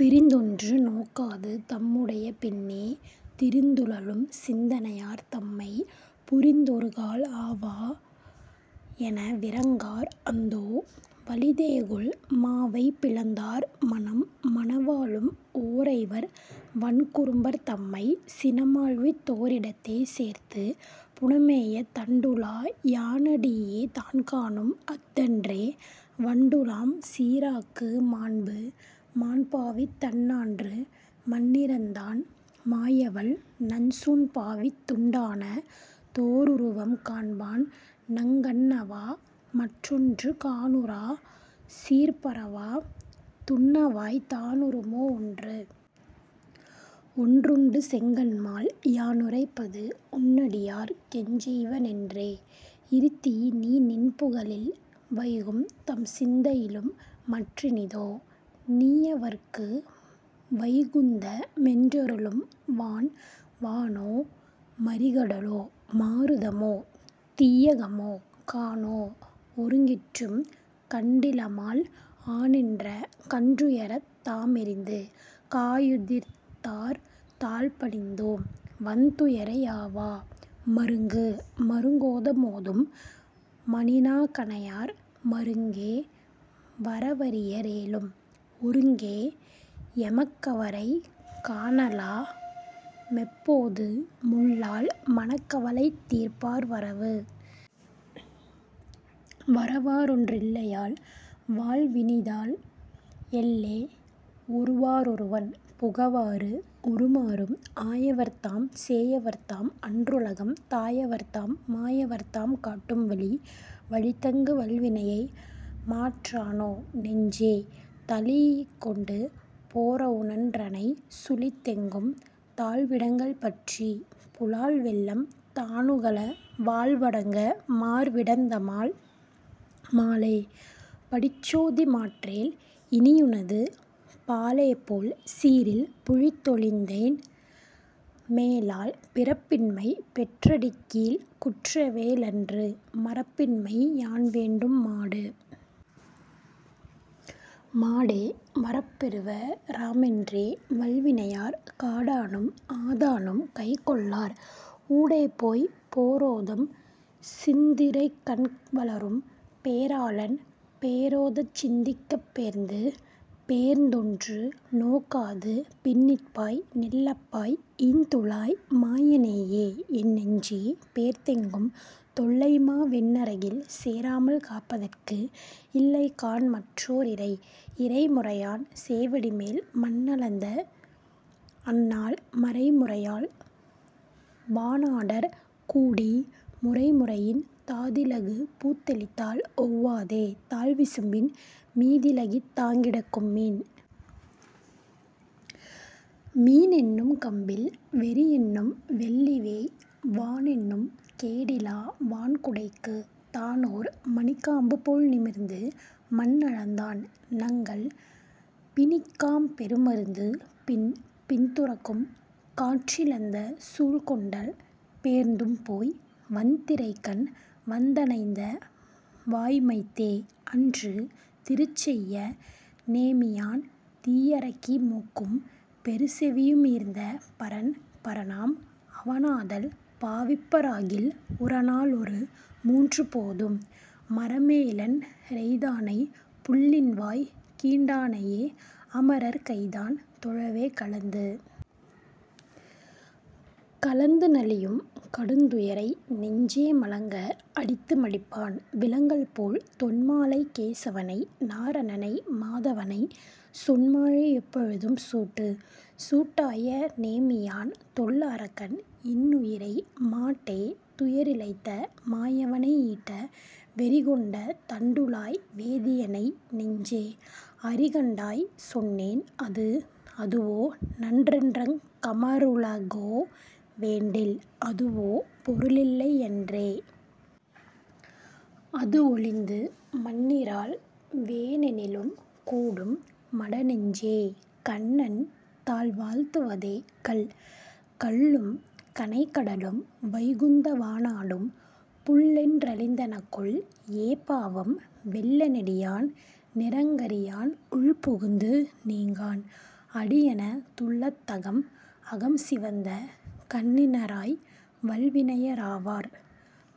பிரிந்தொன்று நோக்காது தம்முடைய பின்னே, திரிந்துழுலும் சிந்தனையார் தம்மை,-புரிந்தொருகால் ஆவா. எனவிரங்கார் அந்தோ. வலிதேகொல், மாவை பிளந்தார் மனம்? மனவாளும் ஓரைவர் வன்குறும்பர் தம்மை, சினமாள்வித் தோரிடத்தே சேர்த்து-புனமேய தண்டுழா யானடியே தான்காணும் அஃதன்றே, வண்டுழாம் சீராக்கு மாண்பு? மாண்பாவித் தந்நான்று மண்ணிரந்தான், மாயவள்நஞ் சூண்பாவித் துண்டான தோருருவம்,-காண்பான்நங் கண்ணவா மற்றொன்று காணுறா, சீர்பரவா துண்ணவாய் தானுறுமோ ஒன்று? ஒன்றுண்டு செங்கண்மால். யானுரைப்பது, உன்னடியார்க் கெஞ்செய்வ னென்றே யிரித்திநீ,-நின்புகழில் வைகும்தம் சிந்தையிலும் மற்றினிதோ, நீயவர்க்கு வைகுந்த மென்றருளும் வான்? வானோ மறிகடலோ மாருதமோ தீயகமோ, கானோ ஒருங்கிற்றும் கண்டிலமால், ஆனீன்ற கன்றுயரத் தாமெறிந்து காயுதிர்த்தார் தாள்பணிந்தோம், வன்துயரை யாவா. மருங்கு. மருங்கோத மோதும் மணிநா கணையார், மருங்கே வரவரிய ரேலும்,-ஒருங்கே எமக்கவரைக் காணலா மெப்போது முள்ளால், மனக்கவலை தீர்ப்பார் வரவு. வரவாறொன் றில்லையால் வாழ்வினிதால், எல்லே. ஒருவா றொருவன் புகவாறு,-உருமாறும் ஆயவர்தாம் சேயவர்தாம் அன்றுலகம் தாயவர்தாம், மாயவர்தாம் காட்டும் வழி. வழித்தங்கு வல்வினையை மாற்றானோ நெஞ்சே, தழீஇக்கொண்டு போரவுணன் றன்னை,-சுழித்தெங்கும் தாழ்விடங்கள் பற்றிப் புலால்வெள்ளம் தானுகள, வாழ்வடங்க மார்விடந்த மால்? மாலே. படிச்சோதி மாற்றேல், இனியுனது பாலேபோல் சீரில் புழுத்தொழிந்தேன்,-மேலால் பிறப்பின்மை பெற்றடிக்கீழ்க் குற்றேவ லன்று, மறப்பின்மை யான்வேண்டும் மாடு. மாடே வரப்பெறுவ ராமென்றே, வல்வினையார் காடானும் ஆதானும் கைகொள்ளார்,-ஊடேபோய்ப் போரோதம் சிந்துதிரைக் கண்வளரும், பேராளன் பேரோதச் சிந்திக்கப் பேர்ந்து. பேர்ந்தொன்று நோக்காது பின்னிற்பாய் நில்லாப்பாய் ஈன்துழாய் மாயனையே என்னெஞ்சே, பேர்ந்தெங்கும் தொல்லைமா வெந்நரகில் சேராமல் காப்பதற்கு இல்லைகாண் மற்றோர் இறை. இறைமுறையான் சேவடிமேல் மண்ணளந்த அந்நாள், மறைமுறையால் வானாடர் கூடி,-முறைமுறையின் தாதிலகு பூத்தெளித்தால் ஒவ்வாதே, தாழ்விசும்பின் மீதிலகித் தாங்கிடக்கும் மீன். மீனென்னும் கம்பில் வெறியென்னும் வெள்ளிவேய் வானென்னும் கேடிலா வான்குடைக்கு,-தானோர் மணிக்காம்பு போல்நிமிர்ந்து மண்ணளந்தான், நங்கள் பிணிக்காம் பெருமருந்து பின். பின்துரக்கும் காற்றிழந்த சூல்கொண்டல் பேர்ந்தும் போய், வன்திரைக்கண் வந்தணைந்த வாய்மைத்தே, அன்று திருச்செய்ய நேமியான் தீயரக்கி மூக்கும், பருச்செவியு மீர்ந்த பரன். பரனாம் அவனாதல் பாவிப்ப ராகில், உரனா லொருமூன்று போதும்,-மரமேழன் றெய்தானைப் புள்ளின்வாய் கீண்டானையே, அமரர் கைதான் தொழாவே கலந்து? கலந்து நலியும் கடுந்துயரை நெஞ்சே மலங்க அடித்து மடிப்பான்,-விலங்கல்போல் தொன்மாலைக் கேசவனை நாரணனை மாதவனை, சொன்மாலை யெப்பொழுதும் சூட்டு. சூட்டாய நேமியான் தொல்லரக்கன் இன்னுயிரை, மாட்டே துயரிழைத்த மாயவனை,-ஈட்ட வெறிகொண்ட தண்டுழாய் வேதியனை, நெஞ்சே. அறிகண்டாய் சொன்னேன் அது. அதுவோநன் ரென்றங் கமருலகோ வேண்டில், அதுவோ பொருளில்லை யன்றே?, அதுவொழிந்து மண்ணிறாள் வேனெனிலும் கூடும் மடநெஞ்சே, கண்ணன் தாள் வாழ்த்துவதே கல். கல்லும் கனைகடலும் வைகுந்த வானாடும், புல்லென் றழிந்தனகொல் ஏபாவம்,-வெல்ல நெடியான் நிறங்கரியான் உள்புகுந்து நீங்கான், அடியேன துள்ளத் தகம். அகம்சிவந்த கண்ணினராய் வல்வினைய ராவார்,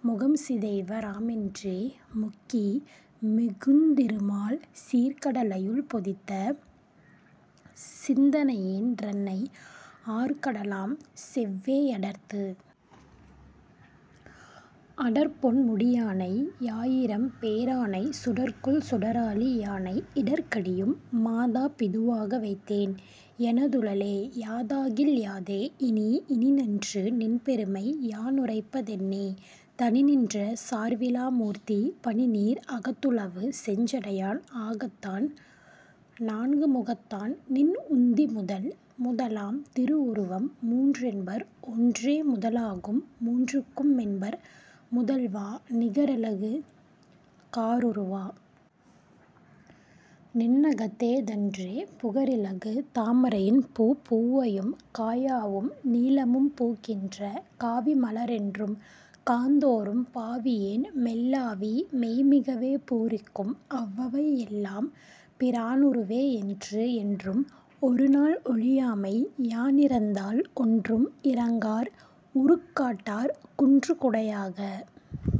முகம்சிதைவ ராமன்றே முக்கி,-மிகுந்திருமால் சீர்க்கடலை யுள்பொதிந்த சிந்தனையேன் றன்னை, ஆர்க்கடலாம் செவ்வே யடர்த்து? அடர்ப்பொன் முடியானை யாயிரம்பே ரானை, சுடர்கொள் சுடராழி யானை,-இடர்கடியும் மாதா பிதுவாக வைத்தேன் எனதுளலே யாதாகில் யாதே இனி? இனிநின்று நின்பெருமை யானுரைப்ப தென்னே, தனிநின்ற சார்விலா மூர்த்தி,-பனிநீர் அகத்துலவு செஞ்சடையான் ஆகத்தான், நான்கு முகத்தான்நின் உந்தி முதல். முதலாம் திருவுருவம் மூன்றென்பர், ஒன்றே முதலாகும் மூன்றுக்கும் மென்பர்-முதல்வா, நிகரிலகு காருருவா. நின்னகத்த தன்றே, புகரிலகு தாமரையின் பூ? பூவையும் காயாவும் நீலமும் பூக்கின்ற, காவி மலரென்றும் காண்தோறும், பாவியேன் மெல்லாவி மெய்மிகவே பூரிக்கும், அவ்வவை எல்லாம் பிரானுருவே என்று. என்றும் ஒருநாள் ஒழியாமை யானிரந்தால், ஒன்றும் இரங்கார் உருக்காட்டார்,-குன்று குடையாக